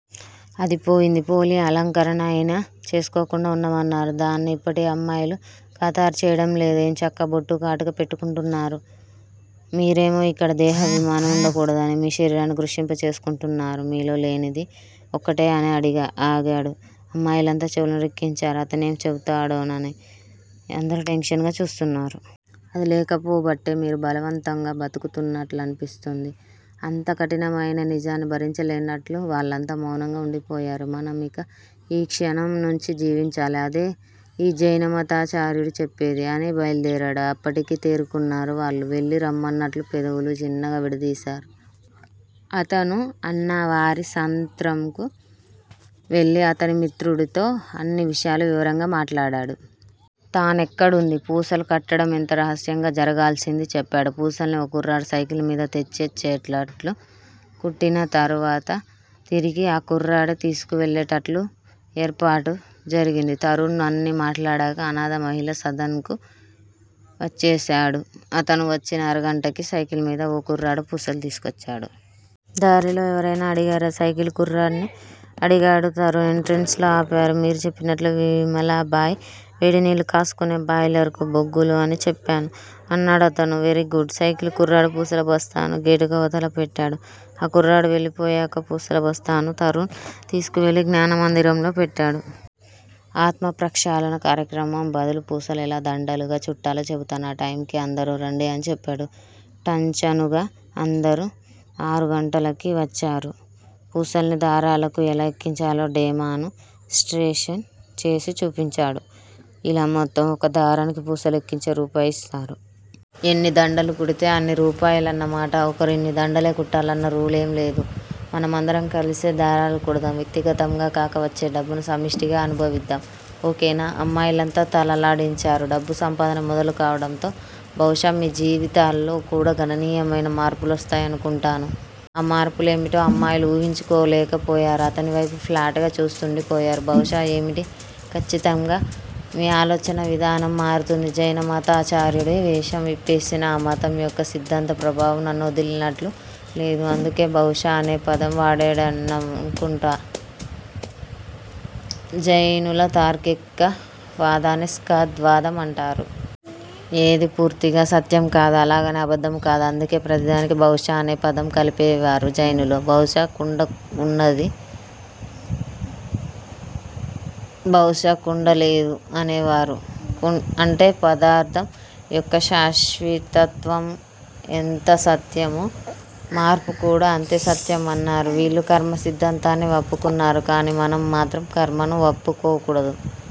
అదీ పోయిందీ. పోనీ అలంకరణయినా చేసుకోకుండా వుండమన్నారు. దాన్నీ ఇప్పటి అమ్మాయిలు ఖాతరు చేయడంలేదు. ఎంచక్కా బొట్టూ కాటుక పెట్టుకుంటున్నారు. మీరేమో యిక్కడ దేహాభిమానం వుండకూడదని మీ శరీరాన్ని కృశింప చేసుకుంటున్నారు. మీలో లేనిది ఒక్కటే అని ఆగాడు. అమ్మాయిలంతా చెవులను రిక్కించారు. అతనేం చెబుతాడోనని అందరూ టెన్షన్ గా చూస్తున్నారు. అది లేకపోబట్టే మీరు బలవంతంగా బతుకుతున్నట్లనిపిస్తోంది. అంత కఠినమయిన నిజాన్ని భరించలేనట్లు వాళ్ళంతా మౌనంగా వుండిపోయారు. మనం ఇక ఈ క్షణం నుంచీ జీవించాలి. అదే ఈ జైనమతాచార్యుడు చెప్పేది అని బయల్దేరాడు. అప్పటికి తేరుకున్నారు వాళ్ళు. వెళ్ళి రమ్మన్నట్లు పెదవులు చిన్నగా విడదీశా. అతను అన్నావారి సత్రంకు వెళ్ళి అతని మిత్రుడితో అన్ని విషయాలు వివరంగా మాట్లాడాడు. తనెక్కడుందీ, పూసలు కట్టడం ఎంత రహస్యంగా జరగాల్సిందీ చెప్పాడు. పూసల్ని ఓ కుర్రాడు సైకిల్ మీద తెచ్చిచ్చేటట్లు, కుట్టిన తరువాత తిరిగి ఆ కుర్రాడే తీసుకువెళ్ళేటట్లు ఏర్పాటు జరిగింది. తరుణ్ అన్నీ మాట్లాడాక అనాథ మహిళా సదన్ కి వచ్చేశాడు. అతను వచ్చిన అరగంటకి సైకిల్ మీద ఓ కుర్రాడు పూసలు తీసుకొచ్చాడు. దారిలో ఎవరయినా అడిగారా? సైకిల్ కుర్రాడ్ని అడిగాడు తరుణ్. ఎంట్రెన్స్ లో ఆపారు. మీరు చెప్పినట్లే విమలాబాయి వేడినీళ్ళు కాసుకునే బాయిలర్ కు బొగ్గులు అని చెప్పాను అన్నాడతను. వెరీగుడ్. సైకిల్ కుర్రాడు పూసల బస్తాను గేటుకవతల పెట్టాడు. ఆ కుర్రాడు వెళ్ళిపోయాక పూసల బస్తాను తరుణ్ తీసుకువెళ్ళి జ్ఞానమందిరంలో పెట్టాడు. ఆత్మ ప్రక్షాళన కార్యక్రమం బదులు పూసలు ఎలా దండలుగా చుట్టాలో చెబుతాను. ఆ టైమ్ కి అందరూ రండి అని చెప్పాడు. ఠంచనుగా అందరూ ఆరుగంటలకి వచ్చారు. పూసల్ని దారాలకు ఎలా ఎక్కించాలో డెమాన్ స్ట్రేషన్ చేసి చూపించాడు. ఇలా మొత్తం ఒక దారానికి పూసలు ఎక్కిస్తే రూపాయి ఇస్తారు. ఎన్ని దండలు కుడితే అన్ని రూపాయలన్న మాట. ఒకరు ఇన్ని దండలే కుట్టాలన్న రూలేం లేదు. మనమందరం కలిసే దారాలు కుడదాం. వ్యక్తిగతంగా కాక వచ్చే డబ్బును సమిష్టిగా అనుభవిద్దాం. ఓకేనా? అమ్మాయిలంతా తలలాడించారు. డబ్బు సంపాదన మొదలుకావడంతో బహుశా మీ జీవితాల్లో కూడా గణనీయమైన మార్పులొస్తాయనుకుంటాను. ఆ మార్పులేమిటో అమ్మాయిలు వూహించుకోలేకపోయారు. అతనివైపు ప్లాట్ గా చూస్తుండిపోయారు. బహుశా ఏమిటి? ఖచ్చితంగా మీ ఆలోచనావిధానం మారుతుంది. జైనమతాచార్యుడి వేషం విప్పేసినా ఆ మతం యొక్క సిద్ధాంత ప్రభావం నన్నొదిలినట్లు లేదు. అందుకే బహుశా అనే పదం వాడేననుకుంటా. జైనుల తార్కిక వాదాన్ని 'స్కాద్ వాదం' అంటారు. ఏదీ పూర్తిగా సత్యం కాదు. అలాగని అబద్ధమూ కాదు. అందుకే ప్రతిదానికీ 'బహుశా' అనే పదం కలిపేవారు జైనులు. 'బహుశా కుండవున్నది. బహుశా కుండ లేదు' అనేవారు. అంటే పదార్ధం యొక్క శాశ్వితత్వం ఎంత సత్యమో, మార్పుకూడా అంతే సత్యమన్నారు. వీళ్ళూ కర్మసిద్ధాంతాన్ని వప్పుకున్నారు. కానీ మనం మాత్రం కర్మను వప్పుకోకూడదు.